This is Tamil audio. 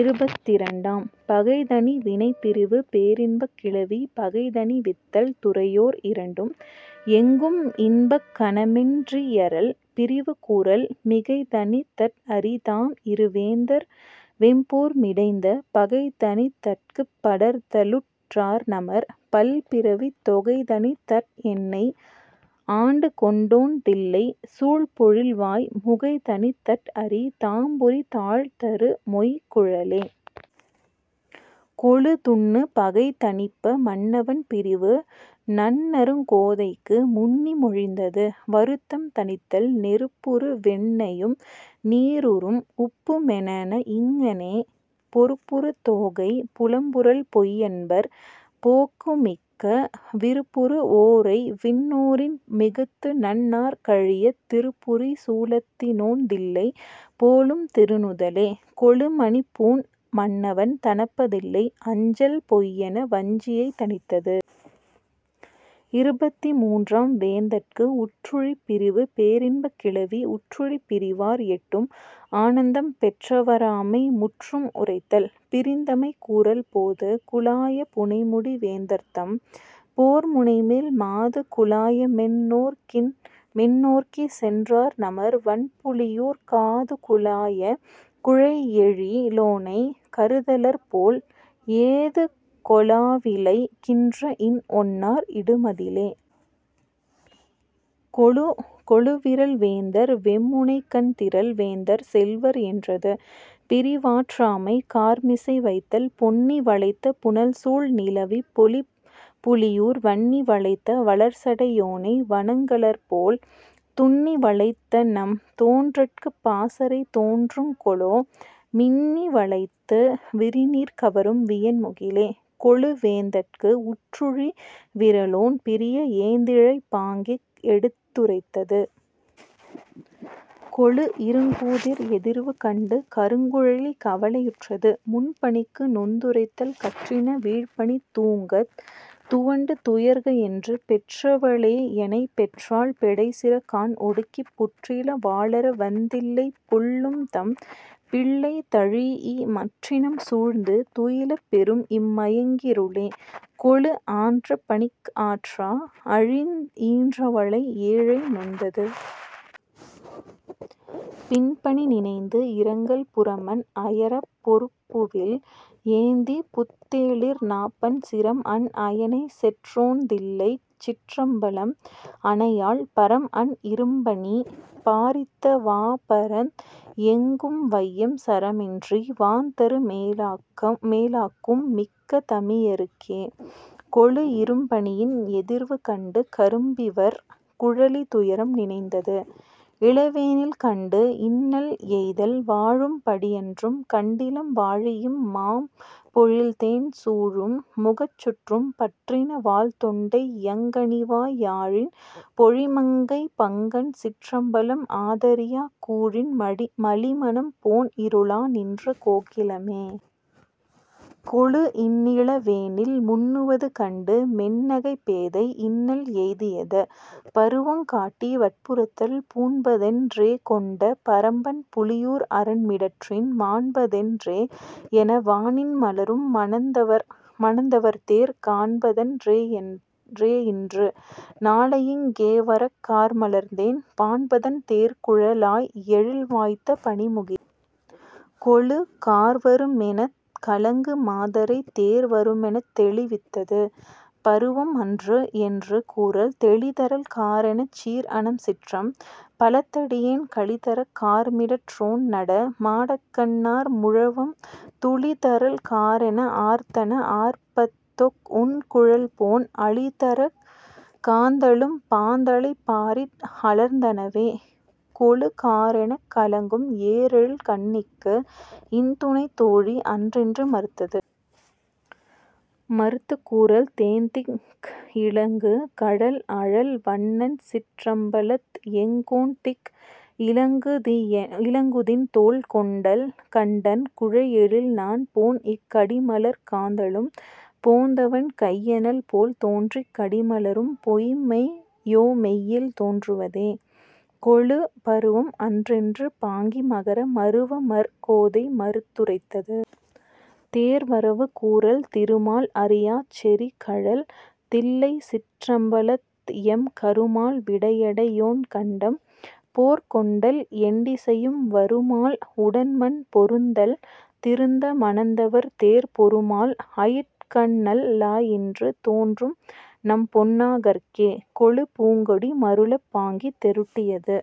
இருபத்திரண்டாம். பகை தணி வினைப் பிரிவு பேரின்பக் கிளவி பகைதணி வித்தல் துறையோர் இரண்டும் எங்கும் இன்பக் கனமென் றியறல்.. பிரிவு கூறல் மிகைதணித் தற்அரி தாம்இரு வேந்தர்வெம் போர்மிடைந்த பகைதணித் தற்குப் படர்தலுற் றார்நமர் பல்பிறவித் தொகைதணித் தற்என்னை ஆண்டுகொண் டோன்தில்லைச் சூழ்பொழில்வாய் முகைதணித் தற்அரி தாம்புரி தாழ்தரு மொய்குழலே.... கொளு துன்னு பகை தணிப்ப மன்னவன் பிரிவு நன்னறுங் கோதைக்கு முன்னி மொழிந்தது.. வருத்தம் தணித்தல் நெருப்புறு வெண்ணெயும் நீருறும் உப்பு மெனஇங்ஙனே பொருப்புறு தோகை புலம்புறல் பொய்யன்பர் போக்குமிக்க விருப்புறு வோரைவிண் ணோரின் மிகுத்துநண் ணார்கழியத் திருப்புறு சூலத்தி னோன்தில்லை போலும் திருநுதலே.... கொளு மணிப்பூண் மன்னவன் தணப்ப தில்லை அஞ்சல் பொய்யென வஞ்சியைத் தணித்தது. இருபத்திமூன்றாம். வேந்தற்கு உற்றுழிப் பிரிவு பேரின்பக் கிளவி உற்றுழிப் பிரிவார் எட்டும் ஆனந்தம் பெற்றவா ராமை முற்றும் உரைத்தல்.. பிரிந்தமை கூறல் போது குலாய புனைமுடி வேந்தர்தம் போர்முனைமேல் மாது குலாயமென் னோர்க்கிசென் றார்நமர் வண்புலியூர்க் காதுகுலாய குழைஎழி லோனைக் கருதலர்போல் ஏதுகொ லாவிளை கின்றஇன் ஒன்னார் இடுமதிலே.... கொளு விறல்வேந்தர் வெம்முணைக்கண் திறல் வேந்தர் செல்வர் என்றது.. பிரிவாற்றாமை கார்மிசை வைத்தல் பொன்னி வளைத்த புனல்சூழ் நிலவிப் பொலிபுலியூர் வன்னி வளைத்த வளர்சடை யோனை வணங்கலர்போல்। துன்னி வளைத்தநம் தோன்றற்குப் பாசறை தோன்றுங் கொலோ மின்னி வளைத்து விரிநீர் கவரும் வியன்முகிலே.... கொளு வேந்தற்கு உற்றுழி விறலோன் பிரிய ஏந்திழை பாங்கிக் எடுத்து ரைத்தது.. கொளு இருங்கூதிர் எதிர்வு கண்டு கருங்குழலி கவலை யுற்றது.. முன் பனிக்கு நொந்துரைத்தல் கற்றின வீழ்பனி தூங்கத் துவண்டு துயர்கஎன்று பெற்றவ ளேஎனைப் பெற்றாள் பெடைசிற கான்ஒடுக்கிப் புற்றில வாளர வன்தில்லைப் புள்ளும்தம் பிள்ளைதழீஇ மற்றினம் சூழ்ந்து துயிலப் பெறும்இம் மயங்கிருளே.... கொளு ஆன்றபனிக் ஆற்றா அழிந் ஈன்றவளை ஏழை நொந்தது.. பின்பனி நினைந்து இரங்கல் புரமன் அயரப் பொருப்புவில் ஏந்திப் புத் தேளிர்நாப்பண் சிரம்அன் அயனைச்செற் றோன்தில்லைச் சிற்றம்பலம்அனையாள் பரம்அன் இரும்பனி பாரித்த வாபரந் எங்கும்வையம் சரமின்றி வான்தரு மேலாக்கும் மிக்க தமியருக்கே.... கொளு இரும்பனியின் எதிர்வு கண்டு கரும்பிவர் குழலி துயரம் நினைந்தது.. இளவேனில் கண்டு இன்னல் எய்தல் வாழும் படியன்றும் கண்டிலம் வாழிஇம் மாம்பொழில்தேன் சூழும் முகச்சுற்றும் பற்றின வால்தொண்டை யங்கனிவாய் யாழின் மொழிமங்கை பங்கன்சிற் றம்பலம் ஆதரியாக் கூழின் மலிமனம் போன்இருளா நின்ற கோகிலமே.... கொளு இன்னிள வேனில் முன்னுவது கண்டு மென்னகைப் பேதை இன்னல் எய்தியது.. பருவங் காட்டி வற்புறுத்தல் பூண்பதென் றேகொண்ட பரம்பன் புலியூர் அரன் மிடற்றின் மாண்பதென் றேஎன வானின் மலரும் மணந்தவர்தேர் காண்பதன் றேயின்று நாளையிங் கேவரக் கார்மலர்த்தேன் பாண்பதன் தேர்குழ லாய்எழில் வாய்த்த பனிமுகிலே.... கொளு கார்வருமெனக் கலங்கு மாதரைத் தேர் வருமெனத் தெளிவித்தது.. பருவம் அன்று என்று கூறல் தெளிதரல் காரெனச் சீர்அனம் சிற்றம் பலத்தடியேன் களிதரக் கார்மிடற் றோன்நட மாடக்கண் ணார்முழவம் துளிதரல் காரென ஆர்த்தன ஆர்ப்பத்தொக் உன்குழல்போன் அளிதரக் காந்தளும் பாந்தளைப் பாரித் அலர்ந்தனவே.... கொளு காரெனக் கலங்கும் ஏரெழில் கண்ணிக்கு இன்துணைத் தோழி அன்றென்று மறுத்தது.. மறுத்துக் கூறல் தேன்திக் இலங்கு கழல்அழல் வண்ணன்சிற் றம்பலத்எங் கோன்திக் இலங்குதிண் தோள் கொண்டல் கண்டன் குழைஎழில்நாண் போன்இக் கடிமலர்க் காந்தளும் போந்தவன் கையனல் போல் தோன்றிக் கடிமல ரும்பொய்ம்மை யோமெய்யில் தோன்றுவதே.... கொளு பருவம் அன்றென்று பாங்கி பகர மருவமர் கோதை மறுத்து ரைத்தது.. தேர் வரவு கூறல் திருமால் அறியாச் செறிகழல் தில்லைச் சிற்றம்பலத்எம் கருமால் விடையடை யோன்கண்டம் போற்கொண்டல் எண்டிசையும் வருமால் உடன்மன் பொருந்தல் திருந்த மணந்தவர்தேர் பொருமால் அயிற்கண்நல் லாய்இன்று தோன்றும்நம் பொன்னாகர்க்கே.... கொளு பூங்கொடி மருளப் பாங்கி தெருட்டியது.